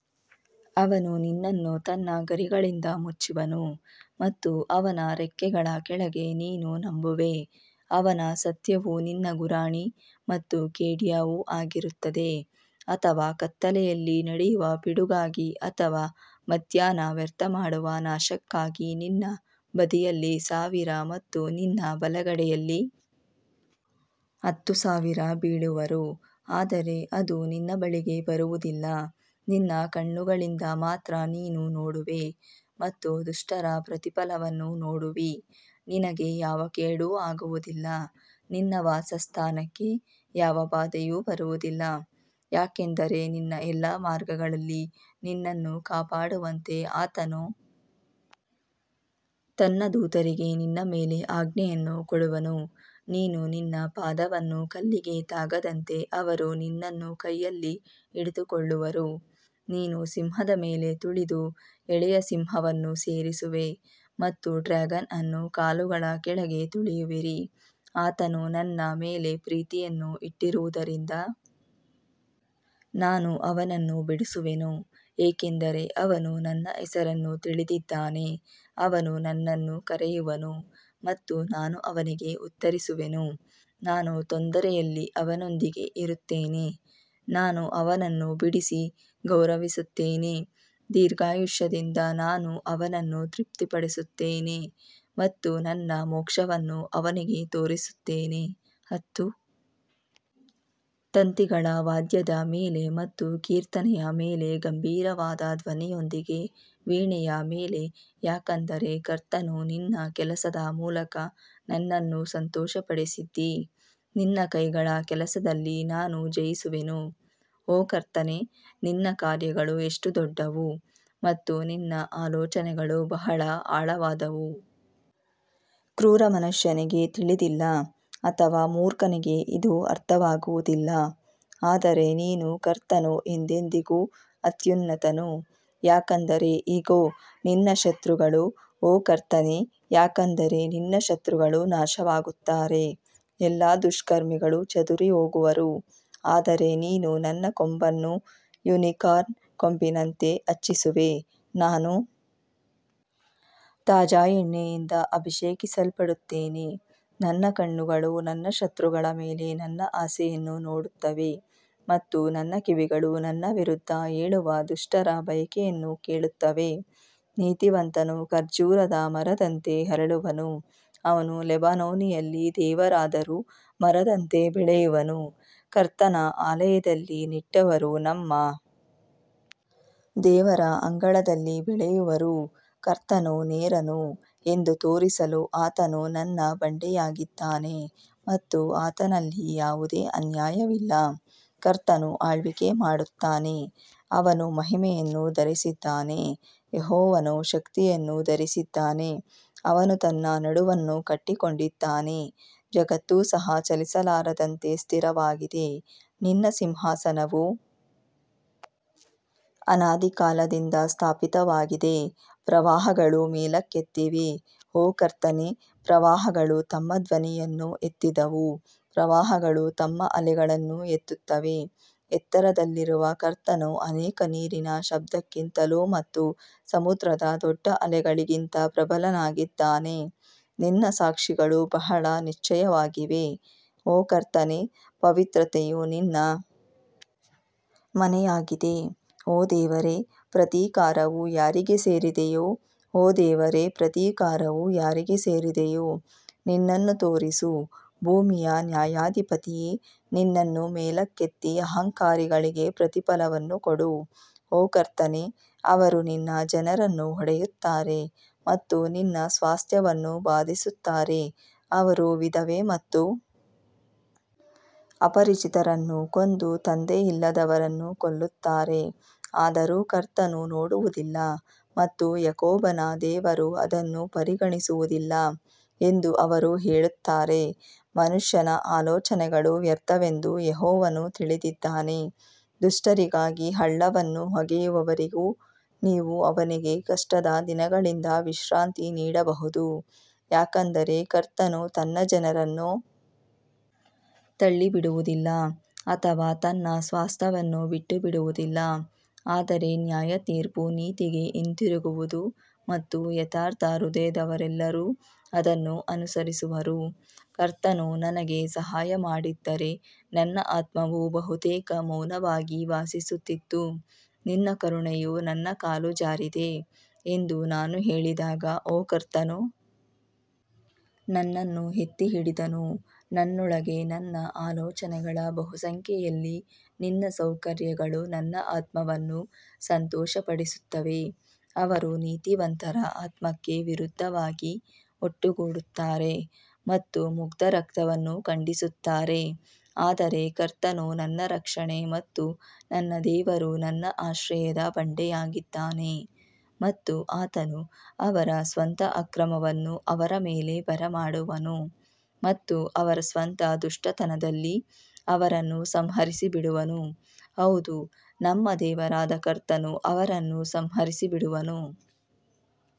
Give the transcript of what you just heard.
ಅವನು ನಿನ್ನನ್ನು ತನ್ನ ಗರಿಗಳಿಂದ ಮುಚ್ಚುವನು ಮತ್ತು ಅವನ ರೆಕ್ಕೆಗಳ ಕೆಳಗೆ ನೀನು ನಂಬುವೆ ಅವನ ಸತ್ಯವು ನಿನ್ನ ಗುರಾಣಿ ಮತ್ತು ಖೇಡ್ಯಾವು ಆಗಿರುತ್ತದೆ ಅಥವಾ ಕತ್ತಲೆಯಲ್ಲಿ ನಡೆಯುವ ಪಿಡುಗಾಗಿ ಅಥವಾ ಮಧ್ಯಾಹ್ನ ವ್ಯರ್ಥ ಮಾಡುವ ನಾಶಕ್ಕಾಗಿ ನಿನ್ನ ಬದಿಯಲ್ಲಿ ಸಾವಿರ ಮತ್ತು ನಿನ್ನ ಬಲಗಡೆಯಲ್ಲಿ ಹತ್ತು ಸಾವಿರ ಬೀಳುವರು ಆದರೆ ಅದು ನಿನ್ನ ಬಳಿಗೆ ಬರುವುದಿಲ್ಲ ನಿನ್ನ ಕಣ್ಣುಗಳಿಂದ ಮಾತ್ರ ನೀನು ನೋಡುವೆ ಮತ್ತು ದುಷ್ಟರ ಪ್ರತಿಫಲವನ್ನು ನೋಡುವಿ ನಿನಗೆ ಯಾವ ಕೇಡೂ ಆಗುವದಿಲ್ಲ, ನಿನ್ನ ವಾಸಸ್ಥಾನಕ್ಕೆ ಯಾವ ಬಾಧೆಯೂ ಬರುವುದಿಲ್ಲ ಯಾಕಂದರೆ ನಿನ್ನ ಎಲ್ಲಾ ಮಾರ್ಗಗಳಲ್ಲಿ ನಿನ್ನನ್ನು ಕಾಪಾಡುವಂತೆ ಆತನು ತನ್ನ ದೂತರಿಗೆ ನಿನ್ನ ಮೇಲೆ ಆಜ್ಞೆಯನ್ನು ಕೊಡುವನು ನೀನು ನಿನ್ನ ಪಾದವನ್ನು ಕಲ್ಲಿಗೆ ತಾಗದಂತೆ ಅವರು ನಿನ್ನನ್ನು ಕೈಯಲ್ಲಿ ಹಿಡಿದುಕೊಳ್ಳುವರು ನೀನು ಸಿಂಹದ ಮೇಲೆ ತುಳಿದು ಎಳೆಯ ಸಿಂಹವನ್ನು ಸೇರಿಸುವೆ ಮತ್ತು ಡ್ರ್ಯಾಗನ್ ಅನ್ನು ಕಾಲುಗಳ ಕೆಳಗೆ ತುಳಿಯುವಿರಿ ಆತನು ನನ್ನ ಮೇಲೆ ಪ್ರೀತಿಯನ್ನು ಇಟ್ಟಿರುವದರಿಂದ ನಾನು ಅವನನ್ನು ಬಿಡಿಸುವೆನು, ಏಕೆಂದರೆ ಅವನು ನನ್ನ ಹೆಸರನ್ನು ತಿಳಿದಿದ್ದಾನೆ ಅವನು ನನ್ನನ್ನು ಕರೆಯುವನು ಮತ್ತು ನಾನು ಅವನಿಗೆ ಉತ್ತರಿಸುವೆನು, ನಾನು ತೊಂದರೆಯಲ್ಲಿ ಅವನೊಂದಿಗೆ ಇರುತ್ತೇನೆ ನಾನು ಅವನನ್ನು ಬಿಡಿಸಿ ಗೌರವಿಸುತ್ತೇನೆ ದೀರ್ಘಾಯುಷ್ಯದಿಂದ ನಾನು ಅವನನ್ನು ತೃಪ್ತಿಪಡಿಸುತ್ತೇನೆ ಮತ್ತು ನನ್ನ ಮೋಕ್ಷವನ್ನು ಅವನಿಗೆ ತೋರಿಸುತ್ತೇನೆ ಹತ್ತು ತಂತಿಗಳ ವಾದ್ಯದ ಮೇಲೆ ಮತ್ತು ಕೀರ್ತನೆಯ ಮೇಲೆ ಗಂಭೀರವಾದ ಧ್ವನಿಯೊಂದಿಗೆ ವೀಣೆಯ ಮೇಲೆ ಯಾಕಂದರೆ ಕರ್ತನು ನಿನ್ನ ಕೆಲಸದ ಮೂಲಕ ನನ್ನನ್ನು ಸಂತೋಷಪಡಿಸಿದ್ದೀ, ನಿನ್ನ ಕೈಗಳ ಕೆಲಸದಲ್ಲಿ ನಾನು ಜಯಿಸುವೆನು ಓ ಕರ್ತನೇ ನಿನ್ನ ಕಾರ್ಯಗಳು ಎಷ್ಟು ದೊಡ್ಡವು ಮತ್ತು ನಿನ್ನ ಆಲೋಚನೆಗಳು ಬಹಳ ಆಳವಾದವು ಕ್ರೂರ ಮನುಷ್ಯನಿಗೆ ತಿಳಿದಿಲ್ಲ ಅಥವಾ ಮೂರ್ಖನಿಗೆ ಇದು ಅರ್ಥವಾಗುವುದಿಲ್ಲ ಆದರೆ ನೀನು ಕರ್ತನು ಎಂದೆಂದಿಗೂ ಅತ್ಯುನ್ನತನು ಯಾಕಂದರೆ ಇಗೋ ನಿನ್ನ ಶತ್ರುಗಳು ಓ ಕರ್ತನೇ ಯಾಕಂದರೆ ನಿನ್ನ ಶತ್ರುಗಳು ನಾಶವಾಗುತ್ತಾರೆ ಎಲ್ಲಾ ದುಷ್ಕರ್ಮಿಗಳು ಚದುರಿಹೋಗುವರು ಆದರೆ ನೀನು ನನ್ನ ಕೊಂಬನ್ನು ಯುನಿಕಾರ್ನ್ನ ಕೊಂಬಿನಂತೆ ಹೆಚ್ಚಿಸುವೆ, ನಾನು ತಾಜಾ ಎಣ್ಣೆಯಿಂದ ಅಭಿಷೇಕಿಸಲ್ಪಡುತ್ತೇನೆ ನನ್ನ ಕಣ್ಣುಗಳು ನನ್ನ ಶತ್ರುಗಳ ಮೇಲೆ ನನ್ನ ಆಸೆಯನ್ನು ನೋಡುತ್ತವೆ ಮತ್ತು ನನ್ನ ಕಿವಿಗಳು ನನ್ನ ವಿರುದ್ಧ ಏಳುವ ದುಷ್ಟರ ಬಯಕೆಯನ್ನು ಕೇಳುತ್ತವೆ ನೀತಿವಂತನು ಖರ್ಜೂರದ ಮರದಂತೆ ಅರಳುವನು, ಅವನು ಲೆಬನೋನಿನಲ್ಲಿ ದೇವದಾರು ಮರದಂತೆ ಬೆಳೆಯುವನು ಕರ್ತನ ಆಲಯದಲ್ಲಿ ನೆಟ್ಟವರು ನಮ್ಮ ದೇವರ ಅಂಗಳದಲ್ಲಿ ಬೆಳೆಯುವರು ಕರ್ತನು ನೇರನು ಎಂದು ತೋರಿಸಲು ಆತನು ನನ್ನ ಬಂಡೆಯಾಗಿದ್ದಾನೆ ಮತ್ತು ಆತನಲ್ಲಿ ಯಾವುದೇ ಅನ್ಯಾಯವಿಲ್ಲ ಕರ್ತನು ಆಳ್ವಿಕೆ ಮಾಡುತ್ತಾನೆ, ಅವನು ಮಹಿಮೆಯನ್ನು ಧರಿಸಿದ್ದಾನೆ, ಯೆಹೋವನು ಶಕ್ತಿಯನ್ನು ಧರಿಸಿದ್ದಾನೆ, ಅವನು ತನ್ನ ನಡುವನ್ನು ಕಟ್ಟಿಕೊಂಡಿದ್ದಾನೆ, ಜಗತ್ತು ಸಹ ಚಲಿಸಲಾರದಂತೆ ಸ್ಥಿರವಾಗಿದೆ ನಿನ್ನ ಸಿಂಹಾಸನವು ಅನಾದಿ ಕಾಲದಿಂದ ಸ್ಥಾಪಿತವಾಗಿದೆ ಪ್ರವಾಹಗಳು ಮೇಲಕ್ಕೆತ್ತಿವೆ ಓ ಕರ್ತನೇ ಪ್ರವಾಹಗಳು ತಮ್ಮ ಧ್ವನಿಯನ್ನು ಎತ್ತಿದವು ಪ್ರವಾಹಗಳು ತಮ್ಮ ಅಲೆಗಳನ್ನು ಎತ್ತುತ್ತವೆ ಎತ್ತರದಲ್ಲಿರುವ ಕರ್ತನು ಅನೇಕ ನೀರಿನ ಶಬ್ದಕ್ಕಿಂತಲೂ ಮತ್ತು ಸಮುದ್ರದ ದೊಡ್ಡ ಅಲೆಗಳಿಗಿಂತ ಪ್ರಬಲನಾಗಿದ್ದಾನೆ ನಿನ್ನ ಸಾಕ್ಷಿಗಳು ಬಹಳ ನಿಶ್ಚಯವಾಗಿವೆ ಓ ಕರ್ತನೇ ಪವಿತ್ರತೆಯು ನಿನ್ನ ಮನೆಯಾಗಿದೆ ಓ ದೇವರೇ, ಪ್ರತೀಕಾರವು ಯಾರಿಗೆ ಸೇರಿದೆಯೋ ಓ ದೇವರೇ, ಪ್ರತೀಕಾರವು ಯಾರಿಗೆ ಸೇರಿದೆಯೋ, ನಿನ್ನನ್ನು ತೋರಿಸು ಭೂಮಿಯ ನ್ಯಾಯಾಧಿಪತಿಯೇ ನಿನ್ನನ್ನು ಮೇಲಕ್ಕೆತ್ತಿ ಅಹಂಕಾರಿಗಳಿಗೆ ಪ್ರತಿಫಲವನ್ನು ಕೊಡು ಓ ಕರ್ತನೇ, ಅವರು ನಿನ್ನ ಜನರನ್ನು ಒಡೆಯುತ್ತಾರೆ ಮತ್ತು ನಿನ್ನ ಸ್ವಾಸ್ತ್ಯವನ್ನು ಬಾಧಿಸುತ್ತಾರೆ ಅವರು ವಿಧವೆ ಮತ್ತು ಅಪರಿಚಿತರನ್ನು ಕೊಂದು ತಂದೆಯಿಲ್ಲದವರನ್ನು ಕೊಲ್ಲುತ್ತಾರೆ ಆದರೂ ಕರ್ತನು ನೋಡುವುದಿಲ್ಲ ಮತ್ತು ಯಾಕೋಬನ ದೇವರು ಅದನ್ನು ಪರಿಗಣಿಸುವುದಿಲ್ಲ ಎಂದು ಅವರು ಹೇಳುತ್ತಾರೆ ಮನುಷ್ಯನ ಆಲೋಚನೆಗಳು ವ್ಯರ್ಥವೆಂದು ಯೆಹೋವನು ತಿಳಿದಿದ್ದಾನೆ ದುಷ್ಟರಿಗಾಗಿ ಹಳ್ಳವನ್ನು ಅಗೆಯುವವರೆಗೂ ನೀವು ಅವನಿಗೆ ಕಷ್ಟದ ದಿನಗಳಿಂದ ವಿಶ್ರಾಂತಿ ನೀಡಬಹುದು ಯಾಕಂದರೆ ಕರ್ತನು ತನ್ನ ಜನರನ್ನು ತಳ್ಳಿಬಿಡುವುದಿಲ್ಲ ಅಥವಾ ತನ್ನ ಸ್ವಾಸ್ತ್ಯವನ್ನು ಬಿಟ್ಟುಬಿಡುವುದಿಲ್ಲ ಆದರೆ ನ್ಯಾಯತೀರ್ಪು ನೀತಿಗೆ ಹಿಂದಿರುಗುವದು ಮತ್ತು ಯಥಾರ್ಥ ಹೃದಯದವರೆಲ್ಲರೂ ಅದನ್ನು ಅನುಸರಿಸುವರು ಕರ್ತನು ನನಗೆ ಸಹಾಯ ಮಾಡದಿದ್ದರೆ ನನ್ನ ಆತ್ಮವು ಬಹುತೇಕ ಮೌನವಾಗಿ ವಾಸಿಸುತ್ತಿತ್ತು ನಿನ್ನ ಕರುಣೆಯು ನನ್ನ ಕಾಲು ಜಾರಿದೆ ಎಂದು ನಾನು ಹೇಳಿದಾಗ ಓ ಕರ್ತನು ನನ್ನನ್ನು ಎತ್ತಿ ಹಿಡಿದನು ನನ್ನೊಳಗಿನ ನನ್ನ ಆಲೋಚನೆಗಳ ಬಹುಸಂಖ್ಯೆಯಲ್ಲಿ ನಿನ್ನ ಸೌಕರ್ಯಗಳು ನನ್ನ ಆತ್ಮವನ್ನು ಸಂತೋಷಪಡಿಸುತ್ತವೆ ಅವರು ನೀತಿವಂತರ ಆತ್ಮಕ್ಕೆ ವಿರುದ್ಧವಾಗಿ ಒಟ್ಟುಗೂಡುತ್ತಾರೆ ಮತ್ತು ಮುಗ್ಧ ರಕ್ತವನ್ನು ಖಂಡಿಸುತ್ತಾರೆ ಆದರೆ ಕರ್ತನು ನನ್ನ ರಕ್ಷಣೆ ಮತ್ತು ನನ್ನ ದೇವರು ನನ್ನ ಆಶ್ರಯದ ಬಂಡೆಯಾಗಿದ್ದಾನೆ ಮತ್ತು ಆತನು ಅವರ ಸ್ವಂತ ಅಕ್ರಮವನ್ನು ಅವರ ಮೇಲೆ ಬರಮಾಡುವನು ಮತ್ತು ಅವರ ಸ್ವಂತ ದುಷ್ಟತನದಲ್ಲಿ ಅವರನ್ನು ಸಂಹರಿಸಿಬಿಡುವನು, ಹೌದು ನಮ್ಮ ದೇವರಾದ ಕರ್ತನು ಅವರನ್ನು ಸಂಹರಿಸಿಬಿಡುವನು.